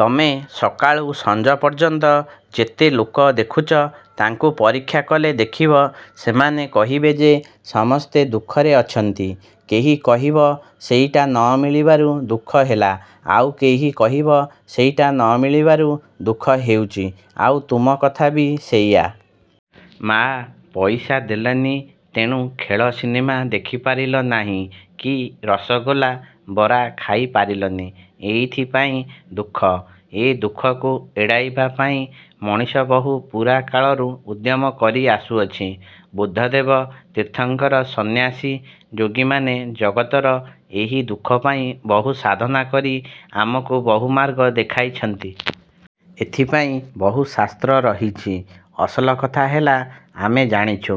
ତମେ ସକାଳୁ ସଞ୍ଜ ପର୍ଯ୍ୟନ୍ତ ଯେତେ ଲୋକ ଦେଖୁଛ ତାଙ୍କୁ ପରୀକ୍ଷା କଲେ ଦେଖିବ, ସେମାନେ କହିବେ ଯେ ସମସ୍ତେ ଦୁଃଖରେ ଅଛନ୍ତି। କେହି କହିବ, ସେଇଟା ନ ମିଳିବାରୁ ଦୁଃଖ ହେଲା। ଆଉ କେହି କହିବ ସେଇଟା ନ ମିଳିବାରୁ ଦୁଃଖ ହେଉଛି। ଆଉ ତୁମ କଥା ବି ସେଇୟା-। ମା' ପଇସା ଦେଲେନି ତେଣୁ ଖେଳ ସିନେମା ଦେଖିପାରିଲ ନାହିଁ କି ରସଗୋଲା ବରା ଖାଇ ପାରିଲନି। ଏଇଥିପାଇଁ। ଦୁଃଖ। ଏ ଦୁଃଖକୁ ଏଡ଼ାଇବା ପାଇଁ ମଣିଷ ବହୁ ପୁରାକାଳରୁ ଉଦ୍ୟମ କରି ଆସୁଅଛି। ବୁଦ୍ଧଦେବ, ତୀର୍ଥଙ୍କର, ସନ୍ନ୍ୟାସୀ ଯୋଗୀମାନେ ଜଗତର ଏହି ଦୁଃଖ ପାଇଁ ବହୁ ସାଧନା କରି ଆମକୁ ବହୁମାର୍ଗ ଦେଖାଇଛନ୍ତି। ଏଥିପାଇଁ ବହୁ ଶାସ୍ତ୍ର ରହିଛି। ଅସଲ କଥା ହେଲା ଆମେ ଜାଣିଛୁ,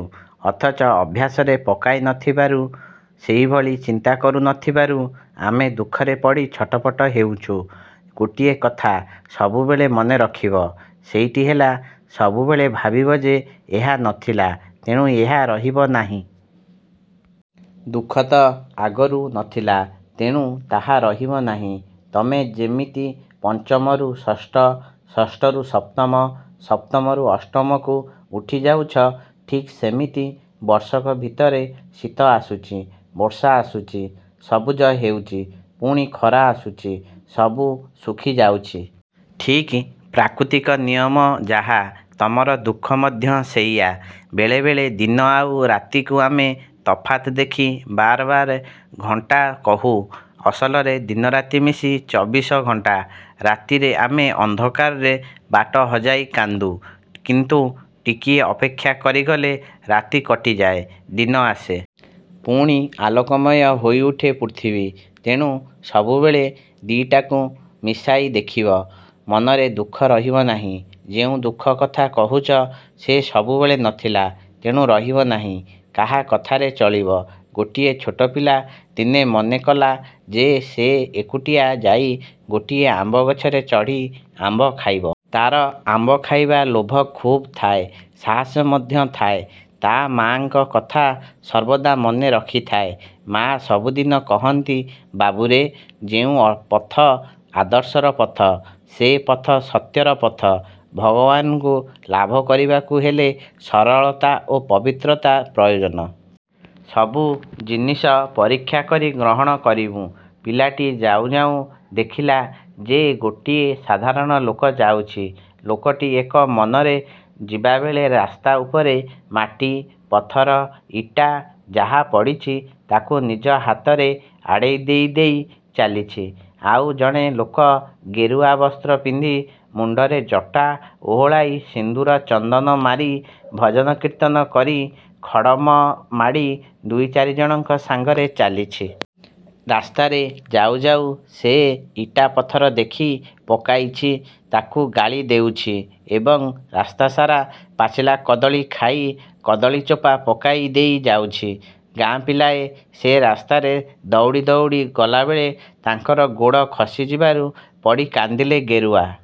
ଅଥଚ ଅଭ୍ୟାସରେ ପକାଇ ନ ଥିବାରୁ, ସେଇଭଳି ଚିନ୍ତା କରୁ ନ ଥିବାରୁ ଆମେ ଦୁଃଖରେ ପଡ଼ି ଛଟପଟ ହେଉଛୁଁ। ଗୋଟିଏ କଥା ସବୁବେଳେ ମନେ ରଖିବ। ସେଇଟି ହେଲା ସବୁବେଳେ ଭାବିବ ଯେ ''ଏହା ନ ଥିଲା, ତେଣୁ ଏହା ରହିବ ନାହିଁ। '' ଦୁଃଖତ ଆଗରୁ ନ ଥିଲା, ତେଣୁ ତାହା ରହିବ ନାହିଁ। ତମେ ଯେମିତି ପଞ୍ଚମରୁ ଷଷ୍ଠ, ଷଷ୍ଠରୁ ସପ୍ତମ, ସପ୍ତମରୁ ଅଷ୍ଟମକୁ ଉଠି ଯାଉଛ, ଠିକ୍ ସେମିତି ବର୍ଷକ ଭିତରେ ଶୀତ ଆସୁଛି, ବର୍ଷା ଆସୁଛି, ସବୁଜ ହେଉଛି, ପୁଣି ଖରା ଆସୁଛି, ସବୁ ଶୁଖି ଯାଉଛି। ଠିକ୍ ପ୍ରାକୃତିକ ନିୟମ ଯାହା, ତମର ଦୁଃଖ ମଧ୍ୟ ସେଇଆ। ବେଳେ ବେଳେ ଦିନ ଆଉ ରାତିକୁ ଆମେ ତଫାତ୍ ଦେଖି ବାର ବାର ଘଣ୍ଟା କହୁ। ଅସଲରେ ଦିନରାତି ମିଶି ଚବିଶ ଘଣ୍ଟା। ରାତିରେ ଆମେ ଅନ୍ଧକାରରେ ବାଟ ହଜାଇ କାନ୍ଦୁ, କିନ୍ତୁ ଟିକିଏ ଅପେକ୍ଷା କରିଗଲେ ରାତି କଟିଯାଏ, ଦିନ ଆସେ। ପୁଣି ଆଲୋକମୟ ହୋଇଉଠେ ପୃଥିବୀ। ତେଣୁ ସବୁବେଳେ ଦି'ଟାକୁ ମିଶାଇ ଦେଖିବ। ମନରେ ଦୁଃଖ ରହିବ ନାହିଁ। ଯେଉଁ ଦୁଃଖ କଥା କହୁଛ, ସେ ସବୁବେଳେ ନ ଥିଲା, ତେଣୁ ରହିବ ନାହିଁ। କାହା କଥାରେ ଚଳିବ? ଗୋଟିଏ ଛୋଟ ପିଲା ଦିନେ ମନେକଲା ଯେ ସେ ଏକୁଟିଆ ଯାଇ ଗୋଟିଏ ଆମ୍ବଗଛରେ ଚଢ଼ି ଆମ୍ବ ଖାଇବ। ତା'ର ଆମ୍ବ ଖାଇବା ଲୋଭ ଖୁବ୍ ଥାଏ। ସାହସ ମଧ୍ୟ ଥାଏ। ତା' ମା'ଙ୍କ କଥା ସର୍ବଦା ମନେ ରଖିଥାଏ। ମା ସବୁଦିନ କହନ୍ତି, ''ବାବୁରେ, ଯେଉଁ ପଥ ଆଦର୍ଶର ପଥ, ସେ ପଥ ସତ୍ୟର ପଥ। ଭଗବାନଙ୍କୁ ଲାଭ କରିବାକୁ ହେଲେ ସରଳତା ଓ ପବିତ୍ରତା ପ୍ରୟୋଜନ। ସବୁ ଜିନିଷ ପରୀକ୍ଷା କରି ଗ୍ରହଣ କରିବୁ। '' ପିଲାଟି ଯାଉଁ ଯାଉଁ ଦେଖିଲା ଯେ ଗୋଟିଏ ସାଧାରଣ ଲୋକ ଯାଉଛି। ଲୋକଟି ଏକ ମନରେ ଯିବାବେଳେ ରାସ୍ତା ଉପରେ ମାଟି-ପଥର-ଇଟା ଯାହା ପଡ଼ିଛି, ତାକୁ ନିଜ ହାତରେ ଆଡ଼େଇ ଦେଇ ଦେଇ ଚାଲିଛି। ଆଉ ଜଣେ ଲୋକ ଗେରୁଆ ବସ୍ତ୍ର ପିନ୍ଧି, ମୁଣ୍ତରେ ଜଟା ଓହଳାଇ ସିନ୍ଦୂର-ଚନ୍ଦନ ମାରି, ଭଜନ-କୀର୍ତ୍ତନ କରି, ଖଡ଼ମ ମାଡ଼ି ଦୁଇଚାରିଜଣଙ୍କ ସାଙ୍ଗରେ ଚାଲିଛି। ରାସ୍ତାରେ ଯାଉ ଯାଉ ସେ ଇଟା-ପଥର ଦେଖି, ପକାଇଛି ତାକୁ ଗାଳି ଦେଉଛି ଏବଂ ରାସ୍ତାସାରା ପାଚିଲା କଦଳୀ ଖାଇ କଦଳୀ ଚୋପା ପକାଇ ଦେଇ ଯାଉଛି। ଗାଁ ପିଲାଏ ସେ ରାସ୍ତାରେ ଦଉଡ଼ି ଦଉଡ଼ି ଗଲାବେଳେ ତାଙ୍କର ଗୋଡ଼ ଖସିଯିବାରୁ ପଡ଼ି କାନ୍ଦିଲେ। ଗେରୁଆ